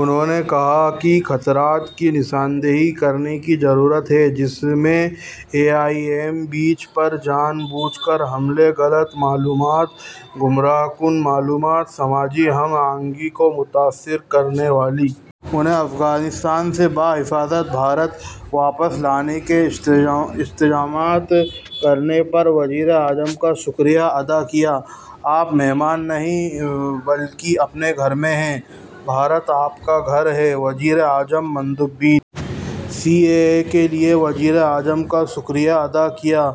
انہوں نے کہا کہ خطرات کی نشاندہی کرنے کی ضرورت ہے جس میں ای ایم بیز پر جان بوجھ کر حملے غلط معلومات گمراہ کن معلومات سماجی ہم آہنگی کو متاثر کرنے والی انہیں افغانستان سے بحفاظت بھارت واپس لانے کے انتظامات کرنے پر وزیر اعظم کا شکریہ ادا کیا آپ مہمان نہیں بلکہ اپنے گھر میں ہیں بھارت آپ کا گھر ہے وزیر اعظم مندوبین نے سی اے اے کے لیے وزیر اعظم کا شکریہ ادا کیا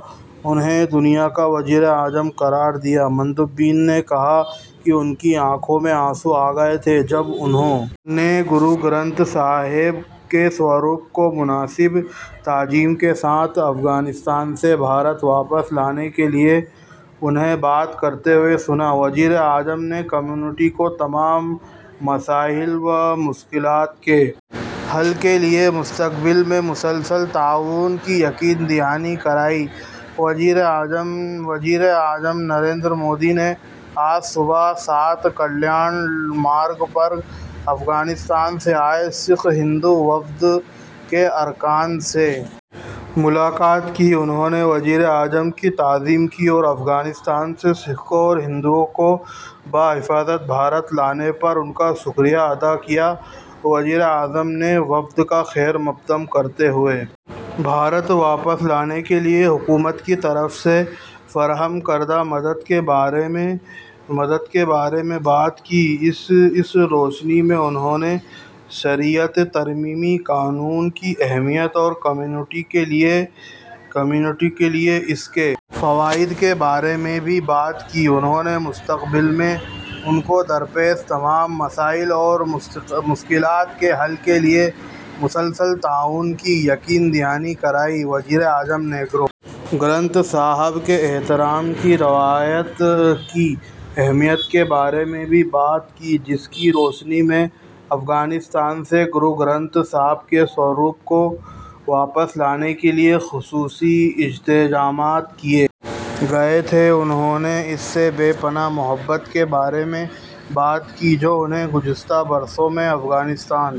انہیں دنیا کا وزیر اعظم قرار دیا مندوبین نے کہا کہ ان کی آنکھوں میں آنسو آ گئے تھے جب انہوں نے گرو گرنتھ صاحب کے سوروپ کو مناسب تعظیم کے ساتھ افغانستان سے بھارت واپس لانے کے لیے انہیں بات کرتے ہوئے سنا وزیر اعظم نے کمیونٹی کو تمام مسائل اور مشکلات کے حل کے لیے مستقبل میں مسلسل تعاون کی یقین دہانی کرائی وزیر اعظم جناب نریندر مودی نے آج صبح سات لوک کلیان مارگ پر افغانستان سے آئے سکھ ہندو وفد کے ارکان سے ملاقات کی انہوں نے وزیر اعظم کی تعظیم کی اور افغانستان سے سکھوں اور ہندوؤں کو بحفاظت بھارت لانے پر ان کا شکریہ ادا کیا وزیر اعظم نے وفد کا خیرمقدم کرتے ہوئے بھارت واپس لانے کے لیے حکومت کی طرف سے فراہم کردہ مدد کے بارے میں بات کی اس روشنی میں انہوں نے شہریت ترمیمی قانون کی اہمیت اور کمیونٹی کے لیے اس کے فوائد کے بارے میں بھی بات کی انہوں نے مستقبل میں بھی ان کو درپیش تمام مسائل اور مشکلات کے حل کے لیے مسلسل تعاون کی یقین دہانی کرائی وزیر اعظم نے گرو گرنتھ صاحب کے احترام کی روایت کی اہمیت کے بارے میں بھی بات کی جس کی روشنی میں افغانستان سے گرو گرنتھ صاحب کے سوروپ کو واپس لانے کے لیے خصوصی انتظامات کیے گئے تھے انہوں نے اس بے پناہ محبت کے بارے میں بات کی جو انہیں گزشتہ برسوں میں افغانستان